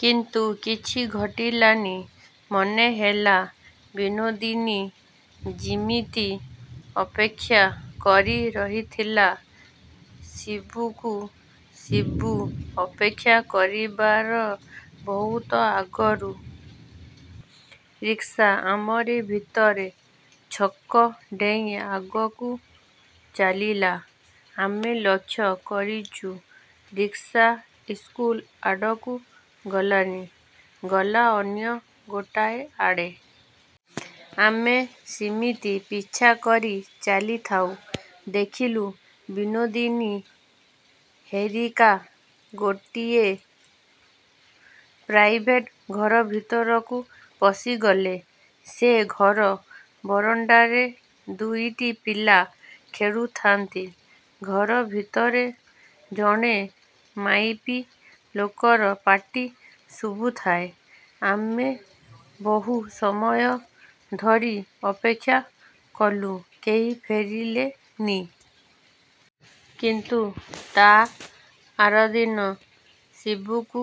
କିନ୍ତୁ କିଛି ଘଟିଲାନି। ମନେ ହେଲା ବିନୋଦିନୀ ଯିମିତି ଅପେକ୍ଷା କରି ରହିଥିଲା ଶିବୁକୁ, ଶିବୁ ଅପେକ୍ଷା କରିବାର ବହୁତ ଆଗରୁ। ରିକ୍ସା ଆମରି ଭିତରେ ଛକ ଡେଇଁ ଆଗକୁ ଚାଲିଲା। ଆମେ ଲକ୍ଷ୍ୟ କରିଚୁ ରିକ୍ସା ସ୍କୁଲ ଆଡ଼କୁ ଗଲାନି। ଗଲା ଅନ୍ୟ ଗୋଟାଏ ଆଡ଼େ। ଆମେ ସିମିତି ପିଛା କରି ଚାଲିଥାଉ। ଦେଖିଲୁ ବିନୋଦିନୀ ହେରିକା ଗୋଟିଏ ପ୍ରାଇଭେଟ ଘରଭିତରକୁ ପଶିଗଲେ। ସେ ଘର ବାରଣ୍ଡାରେ ଦୁଇଟି ପିଲା ଖେଳୁଥାନ୍ତି। ଘର ଭିତରେ ଜଣେ ମାଇପି ଲୋକର ପାଟି ଶୁଭୁଥାଏ। ଆମେ ବହୁ ସମୟ ଧରି ଅପେକ୍ଷା କଲୁ କେହି ଫେରିଲେ ନି। କିନ୍ତୁ ତା ଆରଦିନ ଶିବୁକୁ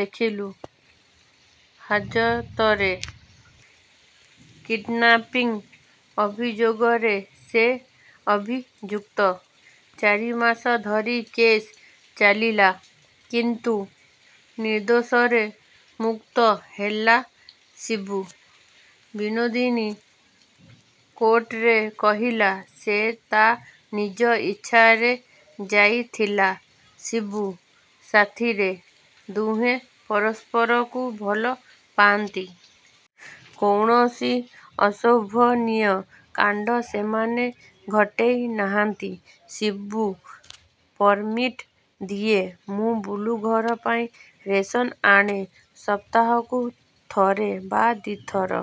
ଦେଖିଲୁ ହାଜତରେ। କିଡ୍ନାପିଙ୍ଗ୍ ଅଭିଯୋଗରେ ସେ ଅଭିଯୁକ୍ତ। ଚାରିମାସ ଧରି କେସ୍ ଚାଲିଲା। କିନ୍ତୁ ନିର୍ଦ୍ଦୋଷରେ ମୁକ୍ତ ହେଲା ଶିବୁ। ବିନୋଦିନୀ କୋର୍ଟରେ କହିଲା ସେ ତା ନିଜ ଇଚ୍ଛାରେ ଯାଇଥିଲା ଶିବୁ ସାଥିରେ। ଦୁହେଁ ପରସ୍ପରକୁ ଭଲ ପାଆନ୍ତି। କୌଣସି ଅଶୋଭନୀୟ କାଣ୍ଡ ସେମାନେ ଘଟେଇ ନାହାଁନ୍ତି। ଶିବୁ ପରମିଟ୍ ଦିଏ, ମୁଁ ବୁଲୁ ଘର ପାଇଁ ରେସନ ଆଣେ। ସପ୍ତାହକୁ ଥରେ ବା ଦି ଥର-।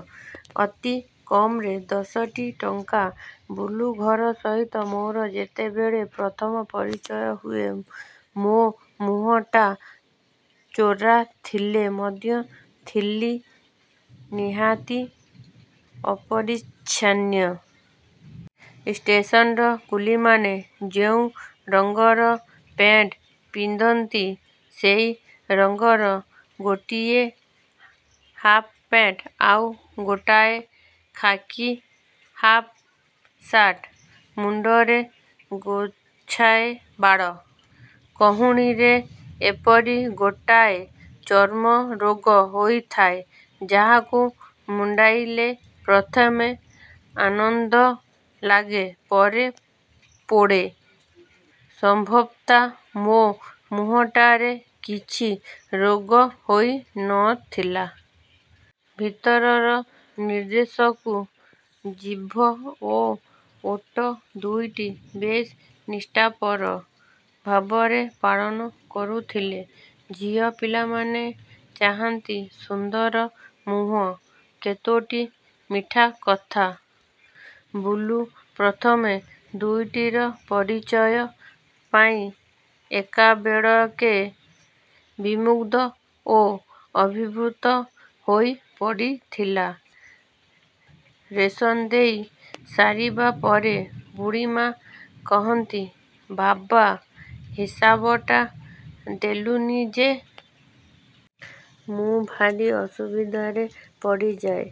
ଅତି କମରେ ଦଶଟି ଟଙ୍କା। ବୁଲୁ ଘର ସହିତ ମୋର ଯେତେବେଳେ ପ୍ରଥମ ପରିଚୟ ହୁଏ ମୋ ମୁହଁଟା ଚୋରା ଥିଲେ ମଧ୍ୟ ଥିଲି ନିହାତି ଅପରିଚ୍ଛନ୍ନ। ଷ୍ଟେସନର କୁଲିମାନେ ଯେଉଁ ରଂଗର ପେଣ୍ଟ ପିନ୍ଧନ୍ତି, ସେଇ ରଂଗର ଗୋଟିଏ ହାପ୍ ପେଣ୍ଟ, ଆଉ ଗୋଟାଏ ଖାକି ହାପ୍ ଶାର୍ଟ। ମୁଣ୍ଡରେ ଗୋଛାଏ ବାଳ। କହୁଣୀରେ ଏପରି ଗୋଟାଏ ଚର୍ମରୋଗ ହୋଇଥାଏ ଯାହାକୁ କୁଣ୍ଡାଇଲେ ପ୍ରଥମେ ଆନନ୍ଦ ଲାଗେ, ପରେ ପୋଡ଼େ। ସମ୍ଭବତଃ ମୋ ମୁହଁଟାରେ କିଛି ରୋଗ ହୋଇ ନଥିଲା। ଭିତରର ନିର୍ଦ୍ଦେଶକୁ ଜିଭ ଓ ଓଠ ଦୁଇଟି ବେଶ ନିଷ୍ଠାପର ଭାବରେ ପାଳନ କରୁଥିଲେ। ଝିଅ ପିଲାମାନେ ଚାହାନ୍ତି ସୁନ୍ଦର ମୁହଁ, କେତୋଟି ମିଠାକଥା। ବୁଲୁ ପ୍ରଥମେ ଦୁଇଟିର ପରିଚୟ ପାଇ ଏକାବେଳକେ ବିମୁଗ୍ଧ ଓ ଅଭିଭୂତ ହୋଇ ପଡ଼ିଥିଲା। ରେଶନ ଦେଇ ସାରିବା ପରେ ବୁଢ଼ୀମା କହନ୍ତି, ବାବା ହିସାବଟା ଦେଲୁନି ଯେ! ମୁଁ ଭାରି ଅସୁବିଧାରେ ପଡ଼ିଯାଏ।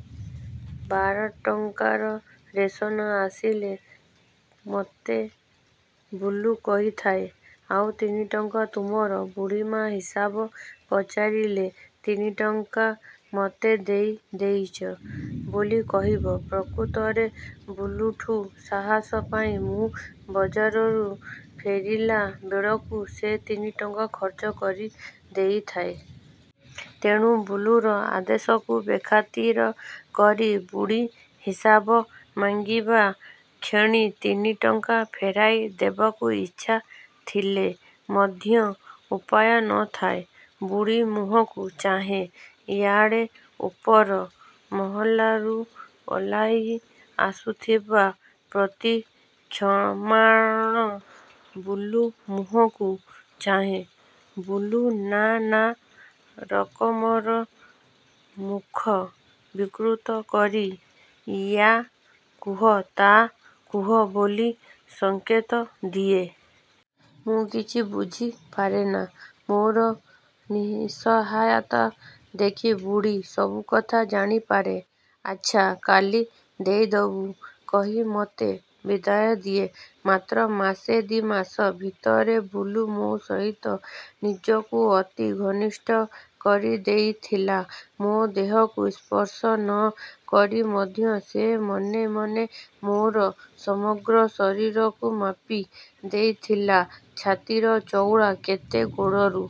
ବାର ଟଙ୍କାର ରେଶନ ଆସିଲେ ମତେ ବୁଲୁ କହିଥାଏ, ଆଉ ତିନି ଟଙ୍କା ତୁମର, ବୁଢ଼ୀମା ହିସାବ ପଚାରିଲେ, ତିନି ଟଙ୍କା ମତେ ଦେଇ ଦେଇଚ ବୋଲି କହିବ। ପ୍ରକୃତରେ ବୁଲୁଠୁ ସାହସ ପାଇ ମୁଁ ବଜାରରୁ ଫେରିଲା ବେଳକୁ ସେ ତିନି ଟଙ୍କା ଖର୍ଚ୍ଚ କରି ଦେଇଥାଏ। ତେଣୁ ବୁଲୁର ଆଦେଶକୁ ବେଖାତିର କରି, ବୁଢ଼ୀ ହିସାବ ମାଗିବା କ୍ଷଣି ତିନି ଟଙ୍କା ଫେରାଇ ଦେବାକୁ ଇଚ୍ଛା ଥିଲେ ମଧ୍ୟ ଉପାୟ ନ ଥାଏ। ବୁଢ଼ୀ ମୁହଁକୁ ଚାହେଁ। ଇଆଡ଼େ ଉପର ମହଲାରୁ ଓହ୍ଲାଇ ଆସୁଥିବା ପ୍ରତୀକ୍ଷମାଣ ବୁଲୁ ମୁହଁକୁ ଚାହେଁ। ବୁଲୁ ନାନା ରକମର ମୁଖ ବିକୃତ କରି ଇୟା କୁହ ତା କୁହ ବୋଲି ସଂକେତ ଦିଏ। ମୁଁ କିଛି ବୁଝି ପାରେନା। ମୋର ନିଃସହାୟତା ଦେଖି ବୁଢ଼ୀ ସବୁ କଥା ଜାଣିପାରେ। ଆଚ୍ଛା କାଲି ଦେଇଦେବୁ କହି ମତେ ବିଦାୟ ଦିଏ। ମାତ୍ର ମାସେ ଦି ମାସ ଭିତରେ ବୁଲୁ ମୋ ସହିତ ନିଜକୁ ଅତି ଘନିଷ୍ଠ କରି ଦେଇଥିଲା। ମୋ ଦେହକୁ ସ୍ପର୍ଶ ନ କରି ମଧ୍ୟ ସେ ମନେ ମନେ ମୋର ସମଗ୍ର ଶରୀରକୁ ମାପି ଦେଇଥିଲା। ଛାତିର ଚଉଡ଼ା କେତେ, ଗୋଡ଼ରୁ